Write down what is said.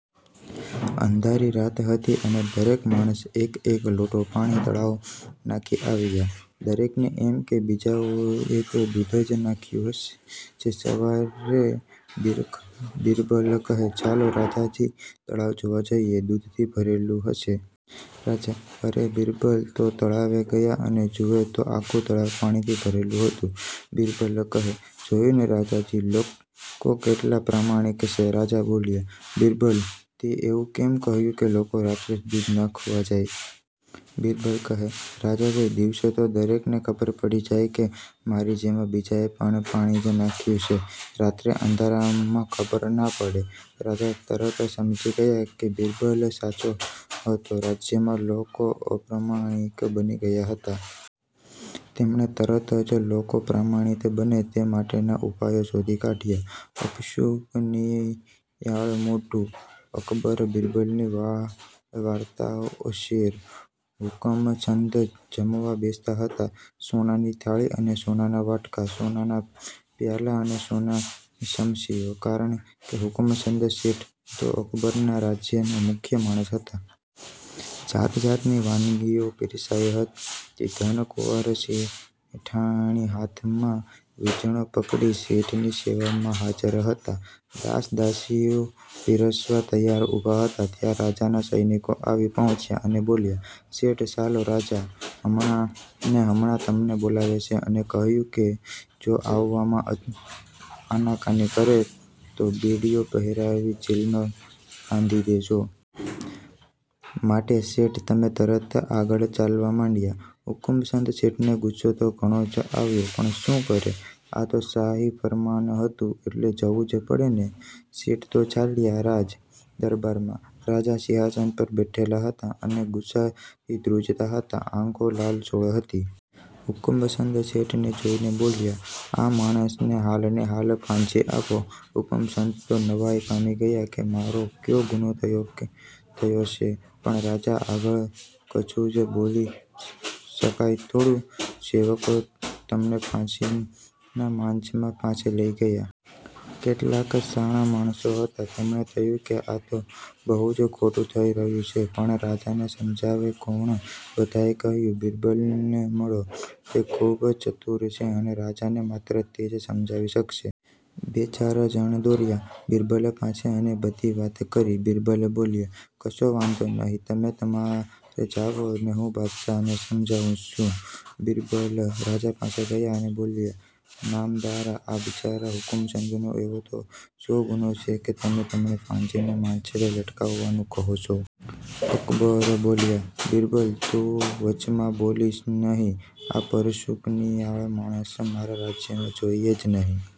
અંધારી રાત હતી અને દરેક માણસ એક એક લોટો પાણી તળાવ નાખી આવ્યા. દરેકને એમ કે બીજાઓએ તો દૂધ જ નાંખ્યુ હશે. સવારે બીર બિરબલ કહે: ચાલો રાજાજી, તળાવ જોવા જઈએ. દૂધથી ભરેલું હશે. રાજા અને બિરબલ તો તળાવે ગયા અને જુએ તો આખું તળાવ પાણીથી ભરેલું હતું! બિરબલ કહેઃજોયું ને રાજાજી, લોકો કેટલા પ્રામાણિક છે? રાજા બોલ્યાઃબિરબલ, તેં એવું કેમ કહ્યું કે લોકો રાત્રે જ દૂધ નાંખવા જાય? બિરબલ કહેઃરાજાજી, દિવસે તો દરેકને ખબર પડી જાય કે મારી જેમ બીજાએ પણ પાણી જ નાખ્યું છે. રાત્રે અંધારામાં ખબર ના પડે. રાજા તરત સમજી ગયા કે બિરબલ સાચો હતો. રાજ્યમાં લોકોઅપ્રામાણિક બની ગયા હતા. તેમણે તરત જ લોકો પ્રામાણિક બને તે માટેના ઉપાયો શોધી કાઢ્યા. અપશુકનિયાળ મોંઢું અકબર બિરબલની બાળ વાર્તાઓ શેઠ હુકમચંદ જમવા બેસતા હતા. સોનાની થાળી અને સોનાના વાટકા, સોનાના પ્યાલા અને સોનાની ચમચીઓ.. કારણકે હુકમચંદ શેઠ તો અકબરના રાજ્યના મુખ્ય માણસ હતા. જાતજાતની વાનગીઓ પીરસાઈ હતી. ધનકુંવર શેઠાણી હાથમાં વીંઝણો પકડી શેઠની સેવામાં હાજર હતા. દાસ-દાસીઓ પીરસવા તૈયાર ઉભા હતા. ત્યાં રાજાના સૈનિકો આવી પહોંચ્યા અને બોલ્યા: શેઠ, ચાલો. રાજા હમણાંને હમણાં તમને બોલાવે છે અને કહ્યું છે કે જો આવવામાં અન આનાકાની કરે તો બેડીઓ પહેરાવી જેલમાં ઘાલી દેજો. માટે શેઠ, તમે તરત આગળ ચાલવા માંડ્યા. હુકમચંદ શેઠને ગુસ્સો તો ઘણો જ આવ્યો, પણ શું કરે? આ તો શાહી ફરમાન હતું એટલે જવું જ પડે ને? શેઠ તો ચાલ્યા. રાજ દરબારમાં રાજા સિંહાસન પર બેઠેલા હતા અને ગુસાથી દ્રુજતા હતા, આંખો લાલચોળ હતી. હુકમચંદ શેઠને જોઇને બોલ્યા: આ માણસને હાલને હાલ ફાંસી આપો. હુકમચંદ તો નવાઈ પામી ગયા કે મારો કયો ગુનો થયો કે થયો છે? પણ રાજા આગળ કછું જ બોલી શકાય થોડું? સેવકો તમને ફાંસીના માંચડા પાસે લઈ ગયા. કેટલાક શાણા માણસો હતા, તેમને થયું કે આ તો બહુ જ ખોટું થઈ રહ્યું છે. પણ રાજાને સમજાવે કોણ? બધાએ કહ્યું: બિરબલને મળો. તે ખૂબ ચતુર છે અને રાજાને માત્ર તે જ સમજાવી શકશે. બે-ચાર જણ દોડ્યા બિરબલ પાસે અને બધી વાત કરી. બિરબલ બોલ્યા: કશો વાંધો નહીં. તમે તમારે જાઓ અને હું બાદશાહને સમજાવું છું. બિરબલ રાજા પાસે ગયા અને બોલ્યા: નામદાર, આ બિચારા હુકમચંદનો એવો તો શો ગુનો છે કે તમે તેમને ફાંસીના માંચડે લટકાવવાનું કહો છો? અકબર બોલ્યા: બિરબલ, તું વચમાં બોલીશ નહીં. આ અપશુકનિયાળ માણસ મારા રાજ્યમાં જોઈએ જ નહીં.